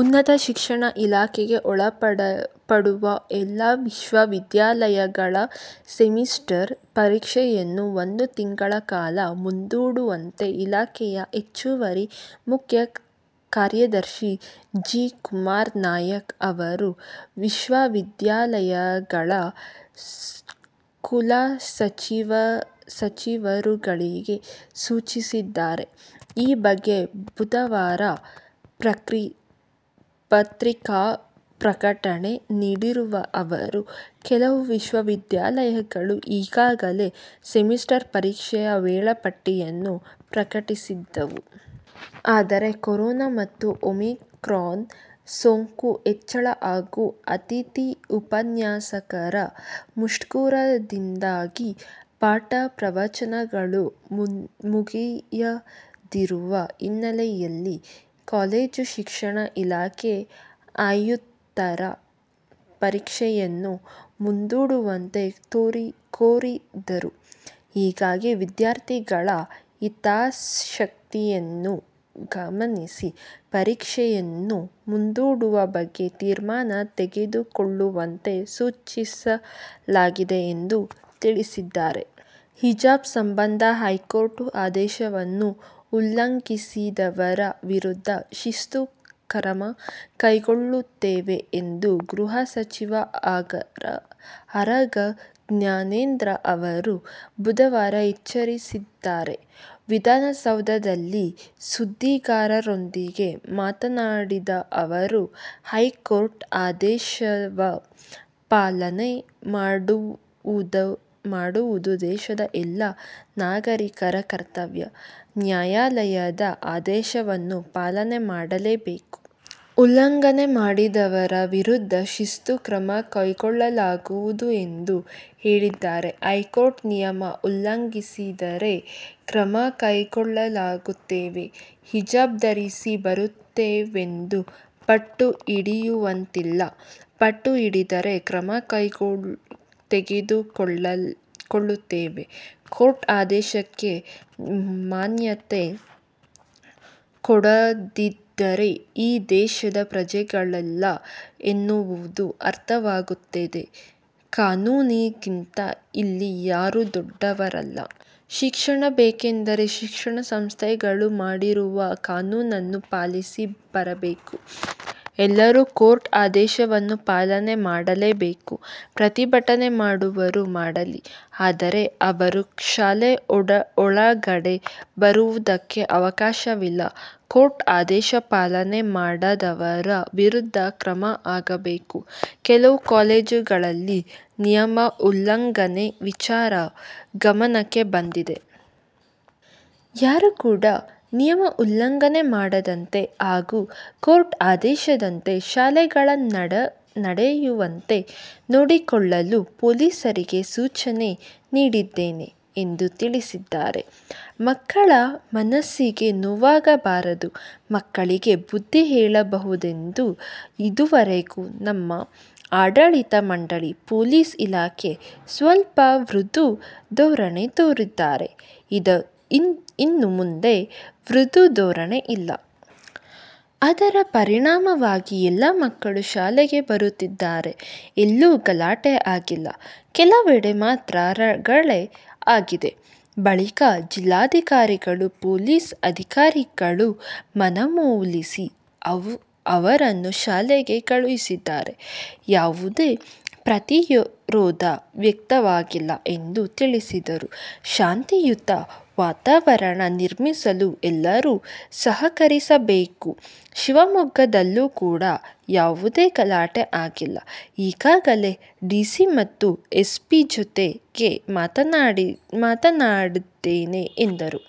ಉನ್ನತ ಶಿಕ್ಷಣ ಇಲಾಖೆಗೆ ಒಳಪಡುವ ಎಲ್ಲಾ ವಿಶ್ವವಿದ್ಯಾಲಯಗಳ ಸೆಮಿಸ್ಟರ್ ಪರೀಕ್ಷೆಯನ್ನು ಒಂದು ತಿಂಗಳ ಕಾಲ ಮುಂದೂಡುವಂತೆ ಇಲಾಖೆಯ ಹೆಚ್ಚುವರಿ ಮುಖ್ಯ ಕಾರ್ಯದರ್ಶಿ ಜಿ. ಕುಮಾರ್ ನಾಯಕ್ ಅವರು ವಿಶ್ವವಿದ್ಯಾಲಯಗಳ ಕುಲಸಚಿವರುಗಳಿಗೆ ಸೂಚಿಸಿದ್ದಾರೆ. ಈ ಬಗ್ಗೆ ಬುಧವಾರ ಪತ್ರಿಕಾ ಪ್ರಕಟಣೆ ನೀಡಿರುವ ಅವರು, ಕೆಲವು ವಿಶ್ವವಿದ್ಯಾಲಯಗಳು ಈಗಾಗಲೇ ಸೆಮಿಸ್ಟರ್ ಪರೀಕ್ಷೆಯ ವೇಳಾಪಟ್ಟಿಯನ್ನು ಪ್ರಕಟಿಸಿದ್ದವು. ಆದರೆ, ಕೊರೊನಾ ಮತ್ತು ಒಮಿಕ್ರಾನ್ ಸೋಂಕು ಹೆಚ್ಚಳ ಹಾಗೂ ಅತಿಥಿ ಉಪನ್ಯಾಸಕರ ಮುಷ್ಕರದಿಂದಾಗಿ ಪಾಠ ಪ್ರವಚನಗಳು ಮುಗಿಯದಿರುವ ಹಿನ್ನೆಲೆಯಲ್ಲಿ ಕಾಲೇಜು ಶಿಕ್ಷಣ ಇಲಾಖೆ ಆಯುಕ್ತರು ಪರೀಕ್ಷೆಯನ್ನು ಮುಂದೂಡುವಂತೆ ಕೋರಿದ್ದರು. ಹೀಗಾಗಿ, ವಿದ್ಯಾರ್ಥಿಗಳ ಹಿತಾಸಕ್ತಿಯನ್ನು ಗಮನಿಸಿ, ಪರೀಕ್ಷೆಯನ್ನು ಮುಂದೂಡುವ ಬಗ್ಗೆ ತೀರ್ಮಾನ ತೆಗೆದುಕೊಳ್ಳುವಂತೆ ಸೂಚಿಸಲಾಗಿದೆ ಎಂದು ತಿಳಿಸಿದ್ದಾರೆ. ಹಿಜಾಬ್ ಸಂಬಂಧ ಹೈಕೋರ್ಟ್ ಆದೇಶವನ್ನು ಉಲ್ಲಂಘಿಸಿದವರ ವಿರುದ್ಧ ಶಿಸ್ತು ಕ್ರಮ ಕೈಗೊಳ್ಳುತ್ತೇವೆ ಎಂದು ಗೃಹ ಸಚಿವ ಆರಗ ಜ್ಞಾನೇಂದ್ರ ಅವರು ಬುಧವಾರ ಎಚ್ಚರಿಸಿದ್ದಾರೆ. ವಿಧಾನಸೌಧದಲ್ಲಿ ಸುದ್ದಿಗಾರರೊಂದಿಗೆ ಮಾತನಾಡಿದ ಅವರು, ಹೈಕೋರ್ಟ್ ಆದೇಶವ ಪಾಲನೆ ಮಾಡುವುದು ದೇಶದ ಎಲ್ಲಾ ನಾಗರೀಕರ ಕರ್ತವ್ಯ. ನ್ಯಾಯಾಲಯದ ಆದೇಶವನ್ನು ಪಾಲನೆ ಮಾಡಲೇಬೇಕು. ಉಲ್ಲಂಘನೆ ಮಾಡಿದವರ ವಿರುದ್ಧ ಶಿಸ್ತು ಕ್ರಮ ಕೈಗೊಳ್ಳಲಾಗುವುದು ಎಂದು ಹೇಳಿದ್ದಾರೆ. ಕೋರ್ಟ್ ನಿಮಯ ಉಲ್ಲಂಘಿಸಿದರೆ ಕ್ರಮಕೈಗೊಳ್ಳುತ್ತೇವೆ. ಹಿಜಾಬ್ ಧರಿಸಿ ಬರುತ್ತೇವೆಂದು ಪಟ್ಟು ಹಿಡಿಯುವಂತಿಲ್ಲ ಪಟ್ಟು ಹಿಡಿದರೆ ಕ್ರಮ ತೆಗೆದುಕೊಳ್ಳುತ್ತೇವೆ. ಕೋರ್ಟ್ ಆದೇಶಕ್ಕೆ ಮಾನ್ಯತೆ ಕೊಡದಿದ್ದರೆ ಈ ದೇಶದ ಪ್ರಜೆಗಳಲ್ಲ ಎನ್ನುವುದು ಅರ್ಥವಾಗುತ್ತದೆ. ಕಾನೂನಿಗಿಂತ ಇಲ್ಲಿ ಯಾರೂ ದೊಡ್ಡವರಲ್ಲ. ಶಿಕ್ಷಣ ಬೇಕೆಂದರೆ ಶಿಕ್ಷಣ ಸಂಸ್ಥೆಗಳು ಮಾಡಿರುವ ಕಾನೂನನ್ನು ಪಾಲಿಸಿ ಬರಬೇಕು. ಎಲ್ಲರೂ ಕೋರ್ಟ್ ಆದೇಶವನ್ನು ಪಾಲನೆ ಮಾಡಲೇಬೇಕು. ಪ್ರತಿಭಟನೆ ಮಾಡುವರು ಮಾಡಲಿ. ಆದರೆ, ಅವರು ಶಾಲೆ ಒಳಗಡೆ ಬರುವುದಕ್ಕೆ ಅವಕಾಶವಿಲ್ಲ. ಕೋರ್ಟ್ ಆದೇಶ ಪಾಲನೆ ಮಾಡದವರ ವಿರುದ್ಧ ಕ್ರಮ ಆಗಬೇಕು. ಕೆಲವು ಕಾಲೇಜುಗಳಲ್ಲಿ ನಿಯಮ ಉಲ್ಲಂಘನೆ ವಿಚಾರ ಗಮನಕ್ಕೆ ಬಂದಿದೆ. ಯಾರು ಕೂಡ ನಿಯಮ ಉಲ್ಲಂಘನೆ ಮಾಡದಂತೆ ಹಾಗೂ ಕೋರ್ಟ್ ಆದೇಶದಂತೆ ಶಾಲೆಗಳ ನಡೆಯುವಂತೆ ನೋಡಿಕೊಳ್ಳಲು ಪೊಲೀಸರಿಗೆ ಸೂಚನೆ ನೀಡಿದ್ದೇನೆ ಎಂದು ತಿಳಿಸಿದ್ದಾರೆ. ಮಕ್ಕಳ ಮನಸ್ಸಿಗೆ ನೋವಾಗಬಾರದು. ಮಕ್ಕಳಿಗೆ ಬುದ್ಧಿ ಹೇಳಬಹುದೆಂದು ಇದೂವರೆಗೆ ನಮ್ಮ ಆಡಳಿತ ಮಂಡಳಿ, ಪೊಲೀಸ್ ಇಲಾಖೆ ಸ್ವಲ್ಪ ಮೃದು ಧೋರಣೆ ತೋರಿದ್ದಾರೆ. ಇನ್ನು ಮುಂದೆ ಮೃದು ಧೋರಣೆ ಇಲ್ಲ. ಅದರ ಪರಿಣಾಮವಾಗಿ ಎಲ್ಲಾ ಮಕ್ಕಳು ಶಾಲೆಗೆ ಬರುತ್ತಿದ್ದಾರೆ. ಎಲ್ಲೂ ಗಲಾಟೆ ಆಗಿಲ್ಲ. ಕೆಲವೆಡೆ ಮಾತ್ರ ರಗಳೆ ಆಗಿದೆ. ಬಳಿಕ ಜಿಲ್ಲಾಧಿಕಾರಿಗಳು, ಪೊಲೀಸ್ ಅಧಿಕಾರಿಗಳು ಮನವೊಲಿಸಿ ಅವರನ್ನು ಶಾಲೆಗೆ ಕಳುಹಿಸಿದ್ದಾರೆ. ಯಾವುದೇ ಪ್ರತಿರೋಧ ವ್ಯಕ್ತವಾಗಿಲ್ಲ ಎಂದು ತಿಳಿಸಿದರು. ಶಾಂತಿಯುತ ವಾತಾವರಣ ನಿರ್ಮಿಸಲು ಎಲ್ಲರೂ ಸಹಕರಿಸಬೇಕು. ಶಿವಮೊಗ್ಗದಲ್ಲೂ ಕೂಡ ಯಾವುದೇ ಗಲಾಟೆ ಆಗಿಲ್ಲ. ಈಗಾಗಲೇ ಡಿಸಿ ಮತ್ತು ಎಸ್'ಪಿ ಜೊತೆಗೆ ಮಾತನಾಡಿದ್ದೇನೆ ಎಂದರು.